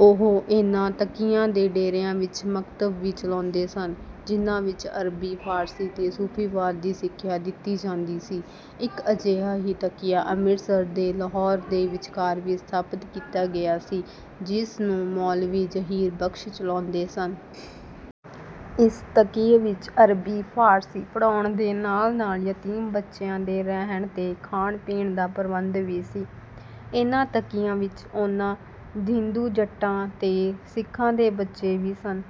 ਉਹ ਇਹਨਾਂ ਤਕੀਆਂ ਤੇ ਡੇਰਿਆਂ ਵਿੱਚ ਮਕਤਬ ਵੀ ਚਲਾਉਂਦੇ ਸਨ, ਜਿਹਨਾਂ ਵਿੱਚ ਅਰਬੀ, ਫਾਰਸੀ ਤੇ ਸੂਫੀਵਾਦ ਦੀ ਸਿੱਖਿਆ ਦਿੱਤੀ ਜਾਂਦੀ ਸੀ। ਇੱਕ ਅਜਿਹਾ ਹੀ ਤਕੀਆ ਅੰਮ੍ਰਿਤਸਰ ਤੇ ਲਾਹੌਰ ਦੇ ਵਿਚਕਾਰ ਵੀ ਸਥਾਪਤ ਕੀਤਾ ਗਿਆ ਸੀ, ਜਿਸ ਨੂੰ ਮੌਲਵੀ ਜ਼ਹੀਰ ਬਖ਼ਸ਼ ਚਲਾਉਂਦੇ ਸਨ। ਇਸ ਤਕੀਏ ਵਿੱਚ ਅਰਬੀ, ਫਾਰਸੀ ਪੜ੍ਹਾਉਣ ਦੇ ਨਾਲ-ਨਾਲ ਯਤੀਮ ਬੱਚਿਆਂ ਦੇ ਰਹਿਣ ਤੇ ਖਾਣ-ਪੀਣ ਦਾ ਪ੍ਰਬੰਧ ਵੀ ਸੀ। ਇਹਨਾਂ ਤਕੀਆਂ ਵਿੱਚ ਉਹਨਾਂ ਹਿੰਦੂ-ਜਾਟਾਂ ਤੇ ਸਿੱਖਾਂ ਦੇ ਬੱਚੇ ਵੀ ਸਨ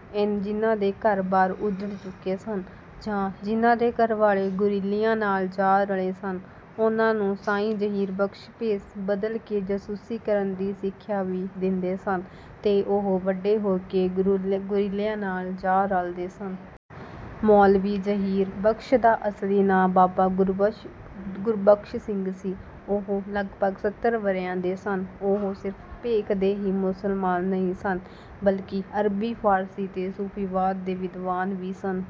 ਜਿਹਨਾਂ ਦੇ ਘਰ-ਬਾਰ ਉੱਜੜ ਚੁੱਕੇ ਸਨ ਜਾਂ ਜਿਹਨਾਂ ਦੇ ਘਰਵਾਲੇ ਗੁਰੀਲਿਆਂ ਨਾਲ ਜਾ ਰਲੇ ਸਨ, ਉਹਨਾਂ ਨੂੰ ਸਾਈਂ ਜ਼ਹੀਰ ਬਖ਼ਸ਼ ਭੇਸ ਬਦਲ ਕੇ ਜਾਸੂਸੀ ਕਰਨ ਦੀ ਸਿੱਖਿਆ ਵੀ ਦਿੰਦੇ ਸਨ ਤੇ ਉਹ ਵੱਡੇ ਹੋ ਕੇ ਗੁਰੀਲਿਆਂ ਨਾਲ ਜਾ ਰਲਦੇ ਸਨ। ਮੌਲਵੀ ਜ਼ਹੀਰ ਬਖ਼ਸ਼ ਦਾ ਅਸਲੀ ਨਾਂ ਬਾਬਾ ਗੁਰਬਖ਼ਸ਼ ਸਿੰਘ ਸੀ। ਉਹ ਲਗਭਗ ਸੱਤਰ ਵਰ੍ਹਿਆਂ ਦੇ ਸਨ। ਉਹ ਸਿਰਫ਼ ਭੇਖ ਦੇ ਹੀ ਮੁਸਲਮਾਨ ਨਹੀਂ ਸਨ, ਬਲਕਿ ਅਰਬੀ, ਫਾਰਸੀ ਤੇ ਸੂਫੀਵਾਦ ਦੇ ਵਿਦਵਾਨ ਵੀ ਸਨ।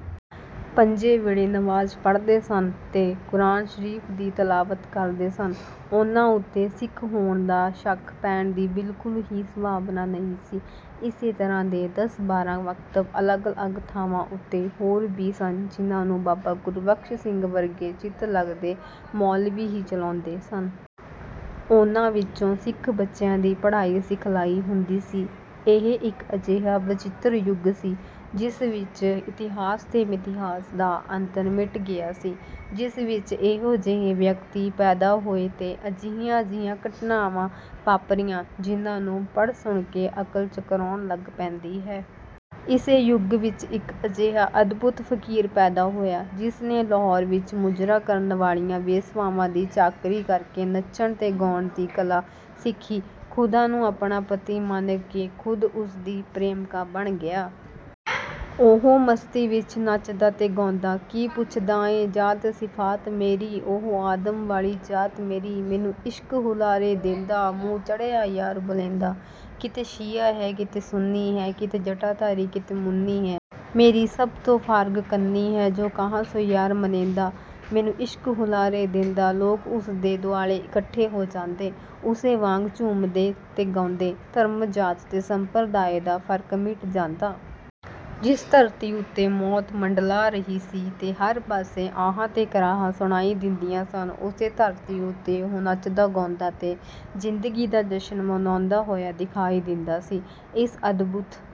ਪੰਜੇ ਵੇਲੇ ਨਮਾਜ਼ ਪੜ੍ਹਦੇ ਸਨ ਤੇ ਕੁਰਾਨ ਸ਼ਰੀਫ਼ ਦੀ ਤਲਾਵਤ ਕਰਦੇ ਸਨ। ਉਹਨਾਂ ਉੱਤੇ ਸਿੱਖ ਹੋਣ ਦਾ ਸ਼ੱਕ ਪੈਣ ਦੀ ਬਿਲਕੁਲ ਹੀ ਸੰਭਾਵਨਾ ਨਹੀਂ ਸੀ। ਇਸੇ ਤਰ੍ਹਾਂ ਦੇ ਦਸ-ਬਾਰਾਂ ਮਕਤਬ, ਅਲੱਗ-ਅਲੱਗ ਥਾਵਾਂ ਉੱਤੇ, ਹੋਰ ਵੀ ਸਨ ਜਿਹਨਾਂ ਨੂੰ ਬਾਬਾ ਗੁਰਬਖ਼ਸ਼ ਸਿੰਘ ਵਰਗੇ ਚਿੱਤ-ਲਗਦੇ ਮੌਲਵੀ ਹੀ ਚਲਾਉਂਦੇ ਸਨ। ਉਹਨਾਂ ਵਿੱਚ ਸਿੱਖ ਬੱਚਿਆਂ ਦੀ ਪੜ੍ਹਾਈ-ਸਿਖਲਾਈ ਹੁੰਦੀ ਸੀ। ਇਹ ਇੱਕ ਅਜਿਹਾ ਵਚਿੱਤਰ ਯੁੱਗ ਸੀ, ਜਿਸ ਵਿੱਚ ਇਤਿਹਾਸ ਤੇ ਮਿਥਿਹਾਸ ਦਾ ਅੰਤਰ ਮਿਟ ਗਿਆ ਸੀ। ਜਿਸ ਵਿੱਚ ਇਹੋ ਜਿਹੇ ਵਿਅਕਤੀ ਪੈਦਾ ਹੋਏ ਤੇ ਅਜਿਹੀਆਂ-ਅਜਿਹੀਆਂ ਘਟਨਾਵਾਂ ਵਾਪਰੀਆਂ, ਜਿਹਨਾਂ ਨੂੰ ਪੜ੍ਹ-ਸੁਣ ਕੇ ਅਕਲ ਚਕਰਾਉਣ ਲੱਗ ਪੈਂਦੀ ਹੈ। ਇਸੇ ਯੁੱਗ ਵਿੱਚ ਇੱਕ ਅਜਿਹਾ ਅਦਭੁਤ ਫਕੀਰ ਪੈਦਾ ਹੋਇਆ, ਜਿਸ ਨੇ ਲਾਹੌਰ ਵਿੱਚ ਮੁਜਰਾ ਕਰਨ ਵਾਲੀਆਂ ਵੇਸਵਾਵਾਂ ਦੀ ਚਾਕਰੀ ਕਰਕੇ ਨੱਚਣ ਤੇ ਗਾਉਣ ਦੀ ਕਲਾ ਸਿੱਖੀ। ਖ਼ੁਦਾ ਨੂੰ ਆਪਣਾ ਪਤੀ ਮੰਨ ਕੇ ਖ਼ੁਦ ਉਸਦੀ ਪ੍ਰੇਮਕਾ ਬਣ ਗਿਆ। ਉਹ ਮਸਤੀ ਵਿੱਚ ਨੱਚਦਾ ਤੇ ਗਾਉਂਦਾ, 'ਕੀ ਪੁੱਛਦਾਏਂ ਜਾਤ ਸਿਫਾਤ ਮੇਰੀ, ਓਹੋ ਆਦਮ ਵਾਲੀ ਜਾਤ ਮੇਰੀ। ਮੈਨੂੰ ਇਸ਼ਕ ਹੁਲਾਰੇ ਦੇਂਦਾ, ਮੂੰਹ ਚੜ੍ਹਿਆ ਯਾਰ ਬੁਲੇਂਦਾ। ਕਿਤੇ ਸ਼ੀਆ ਹੈ ਕਿਤੇ ਸੁਨੀ ਹੈ, ਕਿਤੇ ਜਟਾਧਾਰੀ ਕਿਤੇ ਮੁਨੀ ਹੈ। ਮੇਰੀ ਸਭ ਤੋਂ ਫਾਰਗ ਕੰਨੀਂ ਹੈ, ਜੋ ਕਹਾਂ ਸੋ ਯਾਰ ਮਨੇਂਦਾ ਮੈਨੂੰ ਇਸ਼ਕ ਹੁਲਾਰੇ ਦੇਂਦਾ।' ਲੋਕ ਉਸਦੇ ਦੁਆਲੇ ਇਕੱਠੇ ਹੋ ਜਾਂਦੇ। ਉਸੇ ਵਾਂਗ ਝੂੰਮਦੇ ਤੇ ਗਾਉਂਦੇ। ਧਰਮ, ਜਾਤ ਤੇ ਸੰਪਰਦਾਏ ਦਾ ਫਰਕ ਮਿਟ ਜਾਂਦਾ। ਜਿਸ ਧਰਤੀ ਉੱਤੇ ਮੌਤ ਮੰਡਲਾ ਰਹੀ ਸੀ ਤੇ ਹਰ ਪਾਸੇ ਆਹਾਂ ਤੇ ਕਰਾਹਾਂ ਸੁਣਾਈ ਦਿੰਦੀਆਂ ਸਨ, ਉਸੇ ਧਰਤੀ ਉੱਤੇ ਉਹ ਨੱਚਦਾ ਗਾਉਂਦਾ ਤੇ ਜ਼ਿੰਦਗੀ ਦਾ ਜਸ਼ਨ ਮਨਾਉਂਦਾ ਹੋਇਆ ਦਿਖਾਈ ਦਿੰਦਾ ਸੀ। ਇਸ ਅਦਭੁਤ